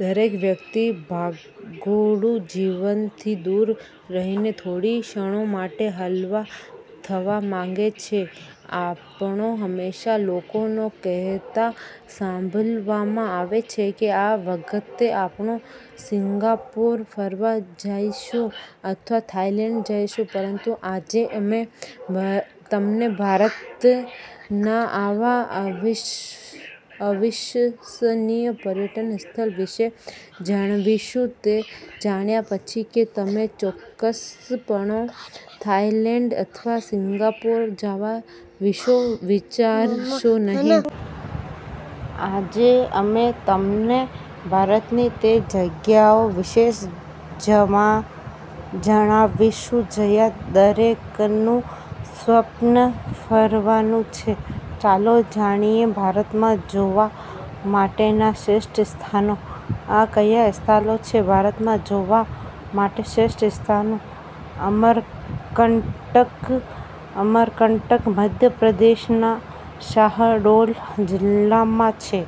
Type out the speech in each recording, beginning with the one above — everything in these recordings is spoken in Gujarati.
દરેક વ્યક્તિ ભાગેડુ જીવનથી દૂર રહીને થોડી ક્ષણો માટે હળવા થવા માંગે છે. આપણે હંમેશાં લોકોને કહેતા સાંભળવામાં આવે છે કે, આ વખતે આપણે સિંગાપોર ફરવા જઈશું, અથવા થાઇલેન્ડ જઈશું. પરંતુ, આજે અમે તમને ભારતના આવા અવિશ્વસનીય પર્યટન સ્થળ વિશે જણાવીશું, તે જાણ્યા પછી કે, તમે ચોક્કસપણે થાઇલેન્ડ અથવા સિંગાપોર જવા વિશે વિચારશો નહીં. આજે અમે તમને ભારતની તે જગ્યાઓ વિશે જણાવીશું જ્યાં દરેકનું સ્વપ્ન ફરવાનું છે. ચાલો જાણીએ ભારતમાં જોવા માટેના શ્રેષ્ઠ સ્થાનો – આ કયા સ્થળો છે. ભારતમાં જોવા માટે શ્રેષ્ઠ સ્થાનો:. અમરકંટક: અમરકંટક મધ્યપ્રદેશના શાહડોલ જિલ્લામાં છે.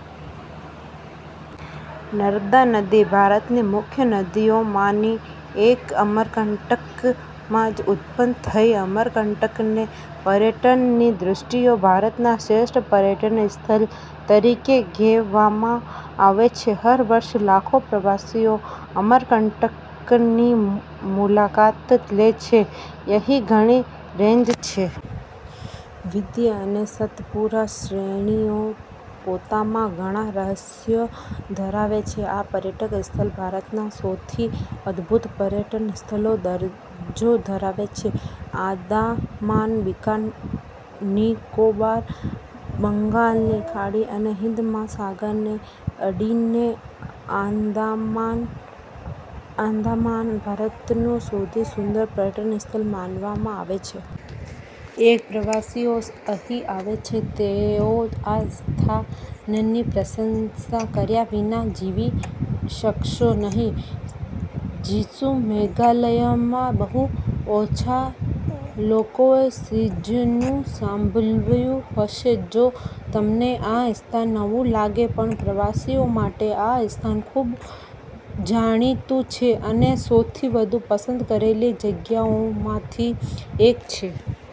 નર્મદા નદી, ભારતની મુખ્ય નદીઓમાંની એક, અમરકાંટકમાં જ ઉત્પન્ન થઈ. અમરકંટકને પર્યટનની દ્રષ્ટિએ ભારતના શ્રેષ્ઠ પર્યટન સ્થળ તરીકે ગણવામાં આવે છે. દર વર્ષે લાખો પ્રવાસીઓ અમરકંટકની મુલાકાત લે છે. અહીં ઘણી રેન્જ છે. વિંધ્યા અને સત્પુરા શ્રેણીઓ પોતામાં ઘણા રહસ્યો ધરાવે છે. આ પર્યટક સ્થળ ભારતના સૌથી અદભૂત પર્યટન સ્થળનો દરજ્જો ધરાવે છે.. આંદામાન-નિકોબાર: બંગાળની ખાડી અને હિંદ મહાસાગરને અડીને આંદામાન ભારતનું સૌથી સુંદર પર્યટન સ્થળ માનવામાં આવે છે. એકવાર પ્રવાસીઓ અહીં આવે છે, તેઓ આ સ્થાનની પ્રશંસા કર્યા વિના જીવી શકશે નહીં.. સિજુ: મેઘાલયમાં બહુ ઓછા લોકોએ સિજુનું સાંભળ્યું હશે. જો તમને આ સ્થાન નવું લાગે, પણ પ્રવાસીઓ માટે, આ સ્થાન ખૂબ જાણીતું છે અને સૌથી વધુ પસંદ કરેલી જગ્યાઓમાંથી એક છે.